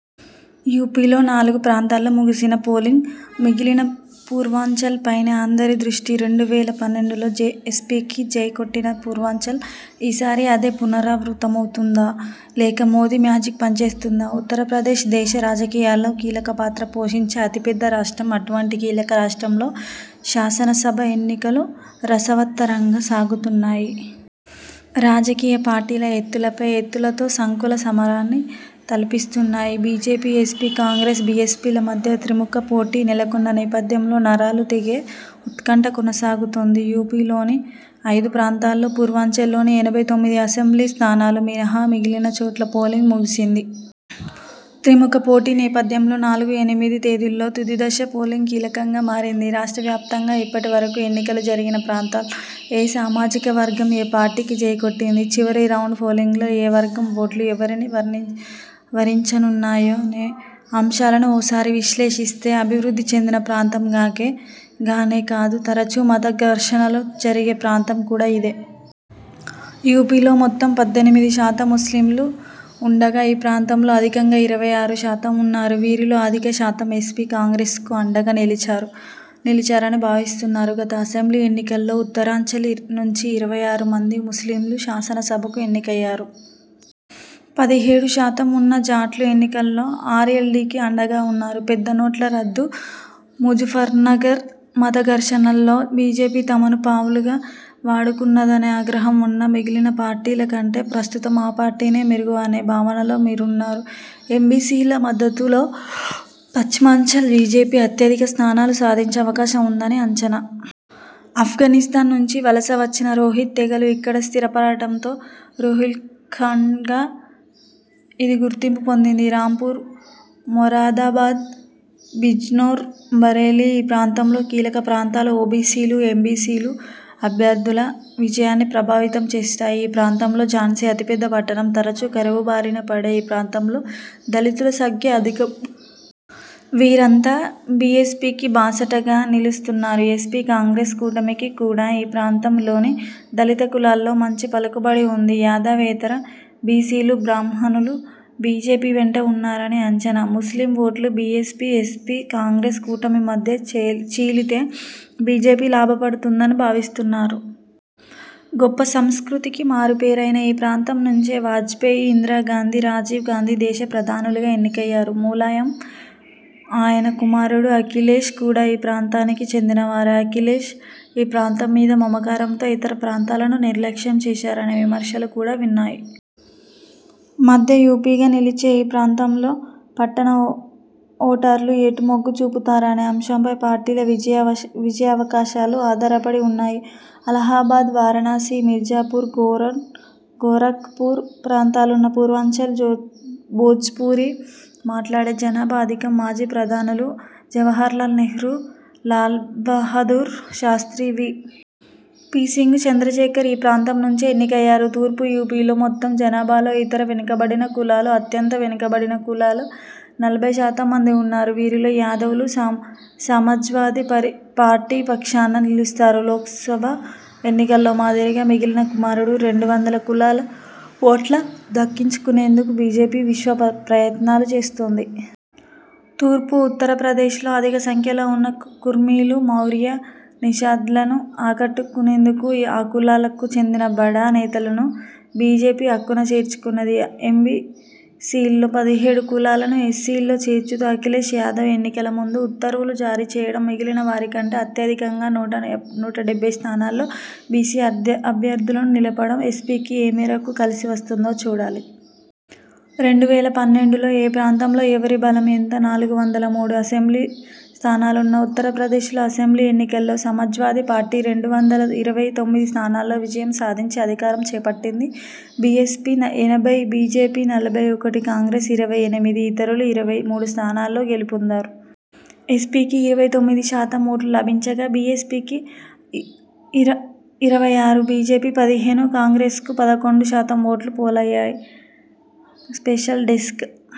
యూపీలో నాలుగు ప్రాంతాల్లో ముగిసిన పోలింగ్ మిగిలిన పూర్వాంచల్పైనే అందరి దృష్టి. రెండు వేల పన్నెండులో ఎస్పీకి జై కొట్టిన పూర్వాంచల్ ఈ సారీ అదే పునరావృతమవుతుందా? లేక మోదీ మ్యాజిక్ పనిచేస్తుందా? ఉత్తరప్రదేశ్, దేశ రాజకీయాల్లో కీలక పాత్ర పోషించే అతి పెద్ద రాష్ట్రం, అటువంటి కీలక రాష్ట్రంలో శాసన సభ ఎన్నికలు రసవత్త రంగా సాగుతున్నాయి. రాజకీయ పార్టీల ఎత్తుల పై ఎత్తులతో సంకుల సమరాన్ని తలపిస్తున్నాయి. బీజేపీ, ఎస్పీ, కాంగ్రెస్, బీఎస్పీల మధ్య త్రిముఖ పోటీ నెలకొన్న నేపథ్యంలో నరాలు తెగే ఉత్కంఠ కొనసాగుతోంది. యూపీలోని ఐదు ప్రాంతాల్లో పూర్వాంచల్లోని ఎనభై తొమ్మిది అసెంబ్లీ స్థానాలు మినహా మిగిలిన చోట్ల పోలింగ్ ముగిసింది. త్రిముఖ పోటీ నేపథ్యంలో నాలుగు, ఎనిమిది తేదీల్లో తుదిదశ పోలింగ్ కీలకంగా మారింది. రాష్ట్ర వ్యాప్తంగా ఇప్పటి వరకు ఎన్నికలు జరిగిన ప్రాంతాల్లో ఏ సామాజిక వర్గం ఏ పార్టీకి జై కొట్టింది? చివరి రౌండ్ పోలింగ్లో ఏ వర్గం ఓట్లు ఎవరిని వరించనున్నాయనే అంశాలను ఓ సారి విశ్లేషిస్తే, అభివృద్ధి చెందిన ప్రాంతం గానే కాదు తరచూ మత ఘర్షణలు జరిగే ప్రాంతం కూడా ఇదే. యూపీలో మొత్తం పద్దెనిమిది శాతం ముస్లింలు ఉండగా ఈ ప్రాంతంలో అధికంగా ఇరవై ఆరు శాతం ఉన్నారు. వీరిలో అధిక శాతం ఎస్పీ, కాంగ్రెస్ కు అండగా నిలిచారని భావిస్తున్నారు. గత అసెంబ్లీ ఎన్నికల్లో ఉత్తరాంచల్ నుంచి ఇరవై ఆరు మంది ముస్లింలు శాసన సభకు ఎన్నికయ్యారు. పదిహేడు శాతం ఉన్న జూట్లు ఎన్నికల్లో అర్ఎల్డీకి అండగా ఉన్నారు. పెద్ద నోట్ల రద్దు, ముజఫర్నగర్ మత ఘర్షణల్లో బీజేపీ తమను పావులుగా వాడుకున్నదనే అగ్రహం ఉన్నా మిగిలిన పార్టీల కంటే ప్రస్తుతం ఆ పార్టీనే మెరుగు అనే భావనలో వీరున్నారు. ఎంబీసీల మద్దతుతో పశ్చిమాంచల్లో బీజేపీ అత్యధిక స్థానాలు సాధించే అవకాశం ఉందని అంచనా. అఫ్ఘానిస్థాన్ నుంచి వలస వచ్చిన రోహిల్ తెగలు ఇక్కడ స్థిర పడటంతో రోహిల్ఖండ్గా ఇది గుర్తింపు పొందింది. రాంపూర్, మొరాదాబాద్, బిజ్నోర్, బరేలీ ఈ ప్రాంతంలోని కీలక ప్రాంతాలు. ఓబీసీలు, ఎంబీసీలు అభ్యర్థుల విజయాన్ని ప్రభావితం చేస్తారు. ఈ ప్రాంతంలో ఝాన్సీ అతిపెద్ద పట్టణం. తరచు కరువు బారిన పడే ఈ ప్రాంతంలో దళితుల సంఖ్య అధికం. వీరంతా బీఎస్పీకి బాసటగా నిలుస్తున్నారు. ఎస్పి, కాంగ్రెస్ కూటమికి కూడా ఈ ప్రాంతం లోని దళిత కులాల్లో మంచి పలుకుబడి ఉంది. యాదవేతర బీసీలు, బ్రాహ్మణులు బీజేపీ వెంట ఉన్నారని అంచనా. ముస్లిం ఓట్లు బీఎస్పీ, ఎస్పీ, కాంగ్రెస్ కూటమి మధ్య చీలితే బీజేపీ లాభపడుతుందని భావిస్తున్నారు. గొప్ప సంస్కృతికి మారు పేరైన ఈ ప్రాంతం నుంచే వాజ్పేయి, ఇందిరా గాంధీ, రాజీవ్ గాంధీ దేశ ప్రధానులుగా ఎన్నికయ్యారు. ములాయం, ఆయన కుమారుడు అఖిలేశ్ కూడా ఈ ప్రాంతానికి చెందిన వారే. అఖిలేశ్ ఈ ప్రాంతం మీద మమకారంతో ఇతర ప్రాంతాలను నిర్లక్ష్యం చేశారనే విమర్శలు కూడా ఉన్నాయి. మధ్య యూపీగా పిలిచే ఈ ప్రాంతంలో పట్లణ ఓటర్లు ఎటు మొగ్గు చూపుతారనే అంశంపై పార్టీల విజయావకాశాలు ఆధారపడి ఉన్నాయి. అలహాబాద్, వారణాసి, మీర్జాపూర్, గోరఖ్ పూర్ ప్రాంతాలున్న పూర్వాంచల్లో భోజ్పూరీ మాట్లాడే జనాభా అధికం. మాజీ ప్రధానులు జవహర్లాల్ నెహ్రూ, లాల్బహదూర్ శాస్త్రీ, వి. పి. సింగ్, చంద్రశేఖర్ ఈ ప్రాంతం నుంచే ఎన్నికయ్యారు. తూర్పు యూపీలోని మొత్తం జనాభాలో ఇతర వెనుకబడిన కులాలు, అత్యంత వెనుక బడిన కులాలు నలభై శాతం మంది ఉన్నారు. వీరిలో యాదవులు సమాజ్వాదీ పార్టీ పక్షాన నిలుస్తారు. లోక్సభ ఎన్నికల్లో మాదిరిగా మిగిలిన సుమారు రెండు వందల కులాల ఓట్లు దక్కించుకునేందుకు బీజేపీ విశ్వప్రయత్నాలు చేస్తోంది. తూర్పు ఉత్తరప్రదేశలో అధిక సంఖ్యలో ఉన్న కుర్మీలు, మౌర్య, నిషాద్లను ఆకట్టు కునేందుకు ఆ కులాలకు చెందిన బడా నేతలను బీజేపీ అక్కున చేర్చుకున్నది. ఎంబీసీల్లో పదిహేడు కులాలను ఎస్సీల్లో చేర్చుతూ అఖిలేశ్ యాదవ్ ఎన్నికల ముందు ఉత్తర్వులు జారీ చేయడం, మిగిలిన వారి కంటే అత్యధికంగా నూట డెబ్బై స్థానాల్లో బీసీ అభ్యర్థులను నిలపడం ఎస్పీకి ఏ మేరకు కలిసి వస్తుందో చూడాలి. రెండు వేల పన్నెండులో ఏ ప్రాంతంలో ఎవరి బలం ఎంత? నాలుగు వందల మూడు అసెంబ్లీ స్థానాలున్న ఉత్తరప్రదేశ్ లో అసెంబ్లీ ఎన్నికల్లో సమాజ్వాదీ పార్టీ రెండు వందల ఇరవై తొమ్మిది స్థానాల్లో విజయం సాధించి అధికారం చేపట్టింది. బీఎస్పీ ఎనభై, బీజేపీ నలభై ఒకటి, కాంగ్రెస్ ఇరవై ఎనిమిది, ఇతరులు ఇరవై మూడు స్థానాల్లో గెలుపొందారు. ఎస్పీకి ఇరవై తొమ్మిది శాతం ఓట్లు లభించగా, బీఎస్పీకి ఇరవై ఆరు, బీజేపీ పదిహేను, కాంగ్రె్సకు పదకొండు శాతం ఓట్లు పోలయ్యాయి. Special desk